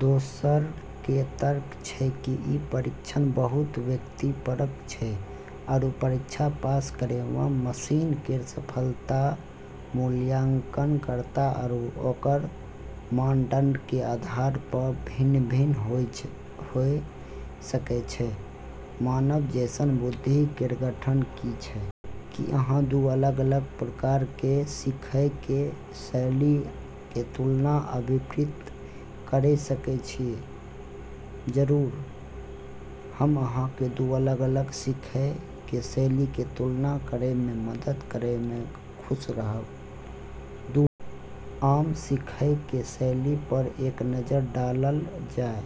दोसरऽ के तर्क छै कि ई परीक्षण बहुत व्यक्तिपरक छै, आरू परीक्षा पास करै मऽ मशीन केरऽ सफलता मूल्यांकनकर्ता आरू ओकरऽ मानदंड के आधार पऽ भिन्न-भिन्न होय सकै छै कि मानव जैसनऽ बुद्धि केरऽ गठन की छै। की अहां दू अलग-अलग प्रकार कें सीखय कें शैली के तुलना आ विपरीत करय सकय छी जरूर, हम अहाँ के दू अलग-अलग सीखय के शैली के तुलना करय मे मदद करय में खुश रहब ।दूटा आम सीखय के शैली पर एक नजर डालल जाय: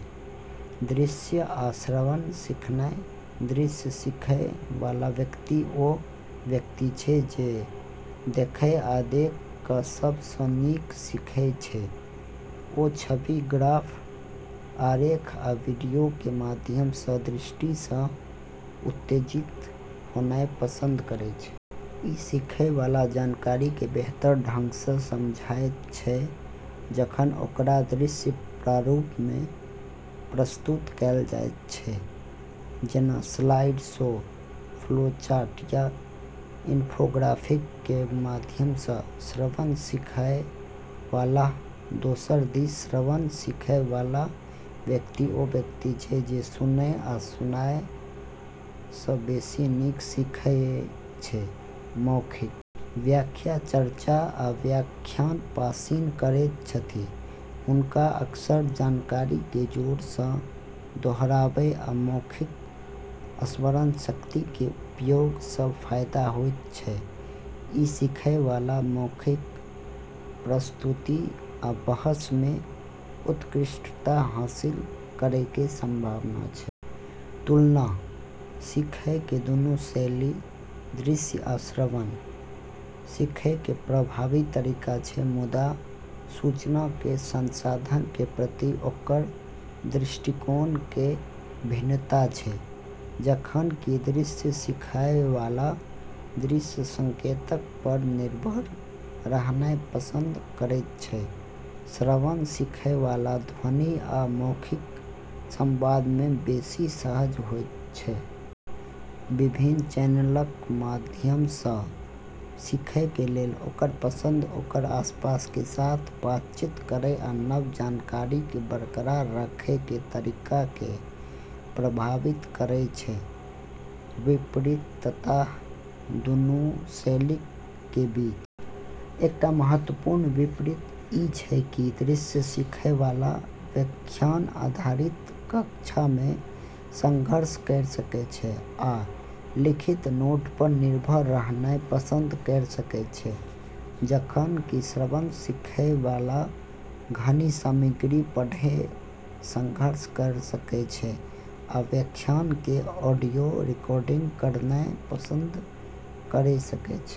दृश्य आ श्रवण सीखनाय ।दृश्य सीखय वाला व्यक्ति ओ व्यक्ति छै जे देखय आ देख क सब सऽ नीक सीखय छै। ओ छवि, ग्राफ, आरेख आ वीडियो के माध्यम सऽ दृष्टि सऽ उत्तेजित होनाय पसंद करय छै। इ सीखएय वाला जानकारी कें बेहतर ढंग सऽ समझएयत छै जखन ओकरा दृश्य प्रारूप मे प्रस्तुत कैल जायत छै, जेना स्लाइड शो, फ्लो चार्ट या इन्फोग्राफिक के माध्यम सऽ ।श्रवण सीखय वाला: दोसर दिस श्रवण सीखय वाला व्यक्ति ओ व्यक्ति छै जे सुनय आ सुनय सऽ बेसि नीक सीखय छै ।मौखिक व्याख्या, चर्चा, आ व्याख्यान पसिन करैत छथि। हुनका अक्सर जानकारी के जोर सऽ दोहरावय आ मौखिक स्मरणशक्ति के उपयोग सं फायदा होयत छै। इ सीखएय वाला मौखिक प्रस्तुति आ बहस मे उत्कृष्टता हासिल करय कें संभावना छै। तुलना: सीखय के दूनू शैली – दृश्य आ श्रवण – सीखय के प्रभावी तरीका छै, मुदा सूचना के संसाधन के प्रति ओकर दृष्टिकोण मे भिन्नता छै। जखन कि दृश्य सीखएय वाला दृश्य संकेतक पर निर्भर रहनाय पसंद करएयत छै, श्रवण सीखएय वाला ध्वनि आ मौखिक संवाद मे बेसि सहज होयत छै। विभिन्न चैनलक कें माध्यम सऽ सीखय के लेल ओकर पसंद ओकर आसपास कें साथ बातचीत करय आ नव जानकारी के बरकरार रखय कें तरीका कें प्रभावित करय छै ।विपरीतता: दूनू शैलीक के बीच एकटा महत्वपूर्ण विपरीत इ छै की दृश्य सीखय वाला व्याख्यान आधारित कक्षाक मे संघर्ष कयर सकय छै आ लिखित नोट पर निर्भर रहनाय पसंद कयर सकय छै, जखन कि श्रवण सीखय वाला घना सामग्री पढ़य मे संघर्ष करय सकय छै आ व्याख्यान के ऑडियो रिकॉर्डिंग करनाय पसंद करय सकय छै।